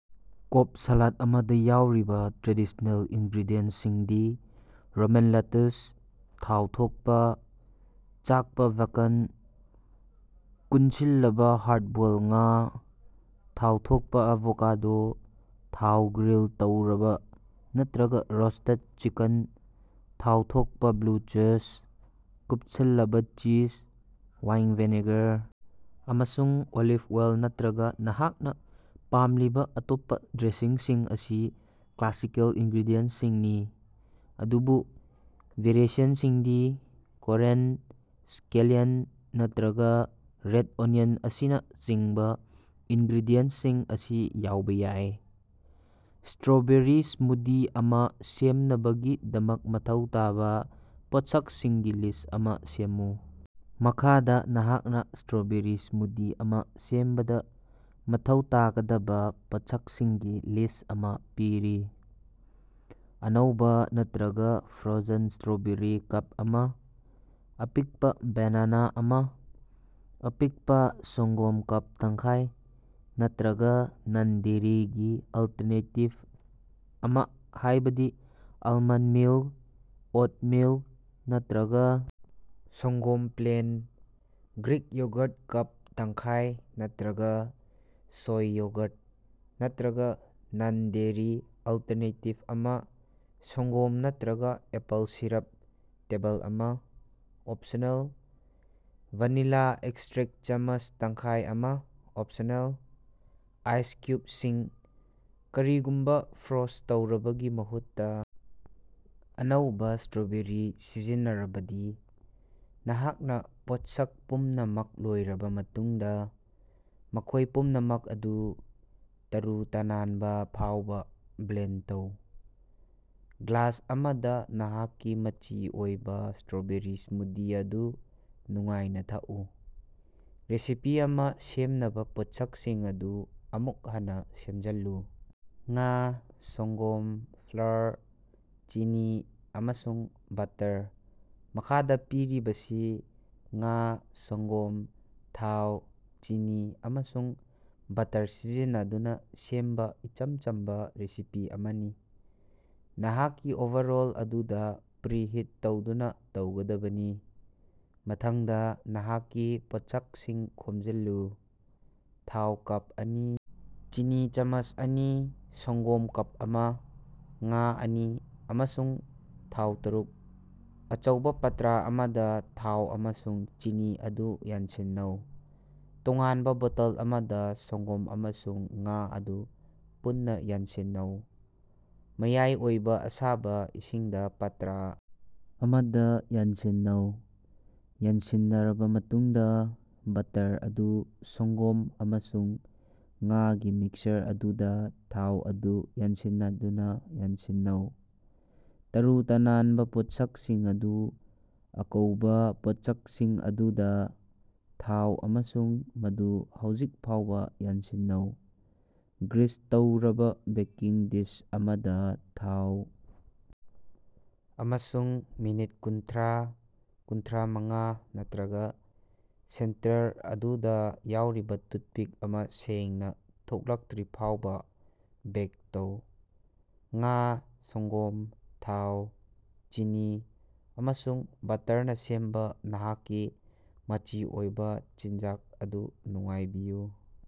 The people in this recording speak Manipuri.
ꯀꯣꯕ ꯁꯥꯂꯥꯠ ꯑꯃꯗꯥ ꯌꯥꯎꯔꯤꯕꯥ ꯇ꯭ꯔꯦꯗꯤꯁꯅꯦꯜ ꯏꯟꯒ꯭ꯔꯦꯗꯤꯌꯦꯟꯁꯤꯡꯗꯤ: ꯔꯣꯃꯦꯟ ꯂꯦꯇꯨꯁ ꯊꯥꯎ ꯊꯣꯛꯄꯥ ,ꯆꯥꯛꯄꯥ ꯕꯦꯀꯟ, ꯀꯨꯟꯁꯤꯜꯂꯕꯥ ꯍꯥꯔꯠ-ꯕꯣꯏꯜ ꯉꯥ, ꯊꯥꯎ ꯊꯣꯛꯄꯥ ꯑꯦꯚꯣꯀꯦꯗꯣ, ꯊꯥꯎ ꯊꯣꯛꯄꯥ ꯒ꯭ꯔꯤꯜ ꯇꯧꯔꯕꯥ ꯅꯠꯇ꯭ꯔꯒꯥ ꯔꯣꯁꯇꯦꯠ ꯆꯤꯀꯟ, ꯊꯥꯎ ꯊꯣꯛꯄꯥ ꯕ꯭ꯂꯨ ꯆꯦꯖ, ꯀꯨꯞꯁꯤꯜꯂꯕꯥ ꯆꯤꯚꯁ꯫ ꯋꯥꯏꯟ ꯚꯤꯅꯦꯒꯥꯔ ꯑꯃꯁꯨꯡ ꯑꯣꯂꯤꯚ ꯑꯣꯏꯜ ꯅꯠꯇ꯭ꯔꯒꯥ ꯅꯍꯥꯛꯅ ꯄꯥꯝꯂꯤꯕꯥ ꯑꯇꯣꯞꯄꯥ ꯗ꯭ꯔꯦꯁꯤꯡꯁꯤꯡ ꯑꯁꯤ ꯀ꯭ꯂꯥꯁꯤꯀꯦꯜ ꯏꯟꯒ꯭ꯔꯦꯗꯤꯌꯦꯟꯁꯤꯡꯅꯤ, ꯑꯗꯨꯕꯨ ꯚꯦꯔꯤꯑꯦꯁꯟꯁꯤꯡꯗꯤ ꯀꯣꯔꯟ, ꯁ꯭ꯀꯦꯂꯤꯌꯟ, ꯅꯠꯇ꯭ꯔꯒꯥ ꯔꯦꯠ ꯑꯣꯅꯤꯌꯟ ꯑꯁꯤꯅꯆꯤꯡꯕꯥ ꯏꯟꯒ꯭ꯔꯦꯗꯤꯌꯦꯟꯁꯤꯡ ꯑꯁꯤ ꯌꯥꯎꯕ ꯌꯥꯏ꯫ ꯁꯇ꯭ꯔꯣꯕꯦꯔꯤ ꯁ꯭ꯃꯨꯗꯤ ꯑꯃ ꯁꯦꯝꯅꯕꯒꯤꯗꯃꯛ ꯃꯊꯧ ꯇꯥꯕ ꯄꯣꯠꯁꯛꯁꯤꯡꯒꯤ ꯂꯤꯁ ꯑꯃ ꯁꯦꯝꯃꯨ꯫ ꯃꯈꯥꯗ ꯅꯍꯥꯛꯅ ꯁꯇ꯭ꯔꯣꯕꯦꯔꯤ ꯁ꯭ꯃꯨꯗꯤ ꯑꯃ ꯁꯦꯝꯕꯗꯥ ꯃꯊꯧ ꯇꯥꯒꯗꯕꯥ ꯄꯣꯠꯁꯛꯁꯤꯡꯒꯤ ꯂꯤꯁ ꯑꯃ ꯄꯤꯔꯤ: ꯑꯅꯧꯕ ꯅꯠꯇ꯭ꯔꯒꯥ ꯐ꯭ꯔꯣꯖꯟ ꯁꯇ꯭ꯔꯣꯕꯦꯔꯤ ꯀꯞ ꯑꯃ, ꯑꯄꯤꯛꯄꯥ ꯕꯦꯅꯥꯅ ꯑꯃ, ꯑꯄꯤꯛꯄꯥ ꯁꯪꯒꯣꯝ ꯀꯞ ꯇꯪꯈꯥꯏ ꯅꯠꯇ꯭ꯔꯒꯥ ꯅꯟ-ꯗꯦꯔꯤꯒꯤ ꯑꯜꯇꯔꯅꯦꯇꯤꯚ ꯑꯃ ꯍꯥꯏꯕꯗꯤ ꯑꯦꯜꯃꯟ ꯃꯤꯜꯛ, ꯑꯣꯠ ꯃꯤꯜꯛ꯫ ꯅꯠꯇ꯭ꯔꯒꯥ ꯁꯪꯒꯣꯝ ꯄ꯭ꯂꯦꯟ ,ꯒ꯭ꯔꯤꯛ ꯌꯣꯒꯔꯠ ꯀꯞ ꯇꯪꯈꯥꯏ ꯅꯠꯇ꯭ꯔꯒꯥ ꯁꯩ ꯌꯣꯒꯔꯠ ꯅꯠꯇ꯭ꯔꯒꯥ ꯅꯟ-ꯗꯦꯔꯤ ꯑꯜꯇꯔꯅꯦꯇꯤꯚ ꯑꯃ ꯁꯪꯒꯣꯝ ꯅꯠꯇ꯭ꯔꯒꯥ ꯑꯦꯄꯜ ꯁꯤꯔꯞ ꯇꯦꯕꯜ ꯑꯃ (ꯑꯣꯞꯁꯅꯦꯜ) ꯚꯦꯅꯤꯂꯥ ꯑꯦꯛꯁꯇ꯭ꯔꯦꯛ ꯆꯥꯃꯁ ꯇꯪꯈꯥꯏ ꯑꯃ (ꯑꯣꯞꯁꯅꯦꯜ) ꯫ ꯑꯥꯏꯁ ꯀ꯭ꯌꯨꯕꯁꯤꯡ (ꯀꯔꯤꯒꯨꯝꯕꯥ ꯐ꯭ꯔꯣꯖ ꯇꯧꯔꯕꯥꯒꯤ ꯃꯍꯨꯠꯇꯥ ꯑꯅꯧꯕꯥ ꯁꯇ꯭ꯔꯣꯕꯦꯔꯤ ꯁꯤꯖꯤꯟꯅꯔꯕꯗꯤ) ꯅꯍꯥꯛꯅꯥ ꯄꯣꯠꯁꯛ ꯄꯨꯝꯅꯃꯛ ꯂꯣꯏꯔꯕꯥ ꯃꯇꯨꯡꯗꯥ, ꯃꯈꯣꯏ ꯄꯨꯝꯅꯃꯛ ꯑꯗꯨ ꯇꯔꯨ-ꯇꯅꯥꯟꯕ ꯐꯥꯎꯕ ꯕ꯭ꯂꯦꯟꯗ ꯇꯧ, ꯒ꯭ꯂꯥꯁ ꯑꯃꯗꯥ ꯅꯍꯥꯛꯀꯤ ꯃꯆꯤ ꯑꯣꯏꯕ ꯁꯇ꯭ꯔꯣꯕꯦꯔꯤ ꯁ꯭ꯃꯨꯗꯤ ꯑꯗꯨ ꯅꯨꯡꯉꯥꯏꯅꯥ ꯊꯛꯎ꯫ ꯔꯦꯁꯤꯄꯤ ꯑꯃ ꯁꯦꯝꯅꯕꯥ ꯄꯣꯠꯁꯛꯁꯤꯡ ꯑꯗꯨ ꯑꯃꯨꯛ ꯍꯟꯅꯥ ꯁꯦꯝꯖꯤꯜꯂꯨ꯫ ꯉꯥ, ꯁꯪꯒꯣꯝ, ꯐ꯭ꯂꯣꯔ, ꯆꯤꯅꯤ ꯑꯃꯁꯨꯡ ꯕꯠꯇꯔ꯫ ꯃꯈꯥꯗ ꯄꯤꯔꯤꯕꯁꯤ ꯉꯥ, ꯁꯪꯒꯣꯝ, ꯊꯥꯎ, ꯆꯤꯅꯤ, ꯑꯃꯁꯨꯡ ꯕꯠꯇꯔ ꯁꯤꯖꯤꯟꯅꯗꯨꯅꯥ ꯁꯦꯝꯕꯥ ꯏꯆꯝ ꯆꯝꯕꯥ ꯔꯦꯁꯤꯄꯤ ꯑꯃꯅꯤ: ꯅꯍꯥꯛꯀꯤ ꯑꯣꯚꯔꯑꯣꯜ ꯑꯗꯨꯗꯥ ꯄ꯭ꯔꯤꯍꯤꯠ ꯇꯧꯗꯨꯅꯥ ꯍꯧꯒꯗꯕꯅꯤ꯫ ꯃꯊꯪꯗꯥ, ꯅꯍꯥꯛꯀꯤ ꯄꯣꯠꯁꯛꯁꯤꯡ ꯈꯣꯝꯖꯤꯜꯂꯨ: ꯊꯥꯎ ꯀꯞ ꯑꯅꯤ, ꯆꯤꯅꯤ ꯆꯥꯃꯁ ꯑꯅꯤ, ꯁꯪꯒꯣꯝ ꯀꯞ ꯑꯃ, ꯉꯥ ꯑꯅꯤ, ꯑꯃꯁꯨꯡ ꯊꯥꯎ ꯇꯔꯨꯛ꯫ ꯑꯆꯧꯕ ꯄꯥꯇ꯭ꯔꯥ ꯑꯃꯗꯥ ꯊꯥꯎ ꯑꯃꯁꯨꯡ ꯆꯤꯅꯤ ꯑꯗꯨ ꯌꯥꯟꯁꯤꯟꯅꯧ꯫ ꯇꯣꯉꯥꯟꯕꯥ ꯕꯣꯇꯜ ꯑꯃꯗꯥ ꯁꯪꯒꯣꯝ ꯑꯃꯁꯨꯡ ꯉꯥ ꯑꯗꯨ ꯄꯨꯟꯅꯥ ꯌꯥꯟꯁꯤꯟꯅꯧ꯫ ꯃꯌꯥꯏ ꯑꯣꯏꯕ ꯑꯁꯥꯕꯥ ꯏꯁꯤꯡꯗꯥ ꯄꯥꯠꯇ꯭ꯔꯥ ꯑꯃꯗꯥ ꯌꯥꯟꯁꯤꯟꯅꯧ꯫ ꯌꯥꯟꯁꯤꯟꯅꯔꯕꯥ ꯃꯇꯨꯡꯗꯥ, ꯕꯠꯇꯔ ꯑꯗꯨ ꯁꯪꯒꯣꯝ ꯑꯃꯁꯨꯡ ꯉꯥꯒꯤ ꯃꯤꯛꯁꯆꯔ ꯑꯗꯨꯗꯥ ꯊꯥꯎ ꯑꯗꯨ ꯌꯥꯟꯁꯤꯟꯅꯗꯨꯅꯥ ꯌꯥꯟꯁꯤꯟꯅꯧ꯫ ꯇꯔꯨ-ꯇꯅꯥꯟꯕꯥ ꯄꯣꯠꯁꯛꯁꯤꯡ ꯑꯗꯨ ꯑꯀꯪꯕꯥ ꯄꯣꯠꯁꯛꯁꯤꯡ ꯑꯗꯨꯗꯥ ꯊꯥꯎ ꯑꯃꯁꯨꯡ ꯃꯗꯨ ꯍꯧꯖꯤꯛ ꯐꯥꯎꯕ ꯌꯥꯟꯁꯤꯟꯅꯧ꯫ ꯒ꯭ꯔꯤꯁ ꯇꯧꯔꯕꯥ ꯕꯦꯀꯤꯡ ꯗꯤꯁ ꯑꯃꯗꯥ ꯊꯥꯎ ꯑꯃꯁꯨꯡ ꯃꯤꯅꯠ ꯀꯨꯟꯊ꯭ꯔꯥ-ꯀꯨꯟꯊ꯭ꯔꯥꯃꯉꯥ ꯅꯠꯇ꯭ꯔꯒꯥ ꯁꯦꯟꯇꯔ ꯑꯗꯨꯗꯥ ꯌꯥꯎꯔꯤꯕ ꯇꯨꯠꯄꯤꯛ ꯑꯃ ꯁꯦꯡꯅꯥ ꯊꯣꯛꯂꯛꯇ꯭ꯔꯤꯕꯐꯥꯎꯕ ꯕꯦꯛ ꯇꯧ꯫ ꯉꯥ, ꯁꯪꯒꯣꯝ, ꯊꯥꯎ, ꯆꯤꯅꯤ, ꯑꯃꯁꯨꯡ ꯕꯠꯇꯔꯅꯥ ꯁꯦꯝꯕꯥ ꯅꯍꯥꯛꯀꯤ ꯃꯆꯤ ꯑꯣꯏꯕ ꯆꯤꯟꯖꯥꯛ ꯑꯗꯨ ꯅꯨꯡꯉꯥꯏꯕꯤꯌꯨ꯫